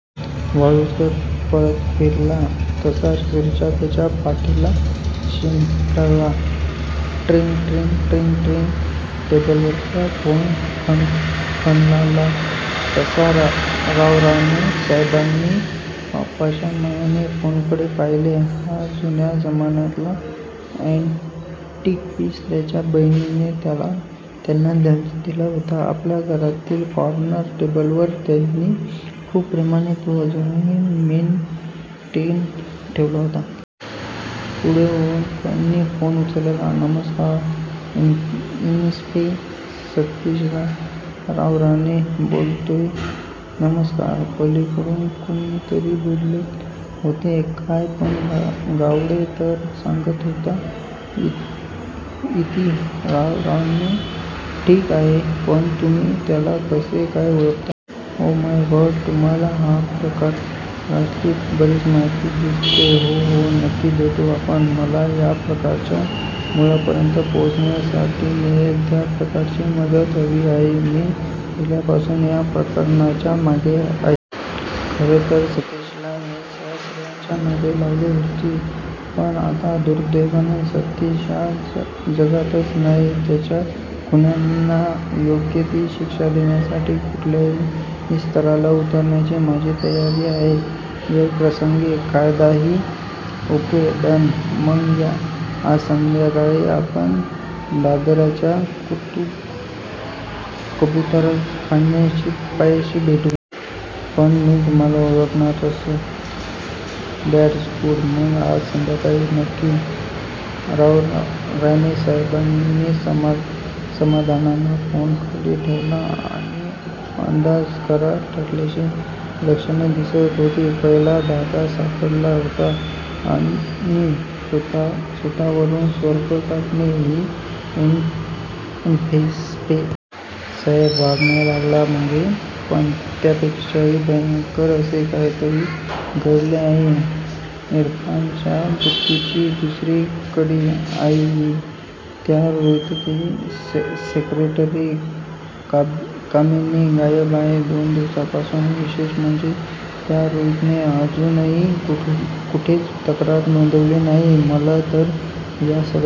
वाळूंजकर परत फिरला तसा शिर्या त्याच्या पाठीला चिकटला. "ट्रिंग ट्रिंग... ट्रिंग ट्रिंग... टेबलावरचा फोन खणखणला तसा रावराणे साहेबांनी बापाच्या मायेने फोनकडे पाहीले. हा जुन्या जमान्यातला अॅंटिक पीस त्यांच्या बहिणीने त्यांना दिला होता. आपल्या घरातील कॉर्नर टेबलवर त्यांनी खुप प्रेमाने तो अजुनही मेनटेन ठेवला होता. पुढे होवून त्यांनी फोन उचलला.... "नमस्कार, इन्स्पे. सतीश रावराणे बोलतोय. "" नमस्कार,............ " पलिकडून कोणीतरी बोलत होते.. "काय, पण गावडे तर सांगत होता...... " इति रावराणे "ठिक आहे, पण तूम्ही त्याला कसे काय ओळखता? " "ओ माय गॉड, तुम्हाला या प्रकरणातली बरीच माहिती दिसते आहे. " "हो हो नक्की भेटू आपण. मला या प्रकरणाच्या मुळापर्यंत पोहोचण्यासाठी मिळेल त्या प्रकारची मदत हवी आहे. " "मी पहिल्यापासुन या प्रकरणाच्या मागे आहे. खरेतर सतीशला मीच या सगळ्याच्या मागे लावले होते. पण आता दुर्दैवाने सतीश या जगातच नाही. त्याच्या खुन्यांना योग्य ती शिक्षा देण्यासाठी कुठल्याही स्तराला उतरायची माझी तयारी आहे. वेळप्रसंगी कायदाही............ " "ओक्के, डन! मग आज संध्याकाळी आपण दादरच्या कबुतरखान्यापाशी भेटू. पण मी तुम्हाला ओळखणार कसा? " "दॅट्स गुड! मग आज संध्याकाळी नक्की. " रावराणेसाहेबांनी समाधानाने फोन खाली ठेवला. त्यांचा अंदाज खरा ठरण्याची लक्षणे दिसत होती. पहिला धागा सापडला होता. आणि सुतावरून स्वर्ग गाठणे ही इन्स्पे. "साहेब वाघ नाही लागला मागे, पण त्याहीपेक्षा भयंकर असे काहीतरी घडले आहे. इरफानच्या मृत्युची दुसरी कडी आहे ही. त्या रोहीतची सेक्रेटरी कामिनी गायब आहे दोन दिवसापासून. विशेष म्हणजे त्या रोहीतने अजुनही कुठेच तक्रार नोंदवलेली नाही. मला तर या सगळ्यात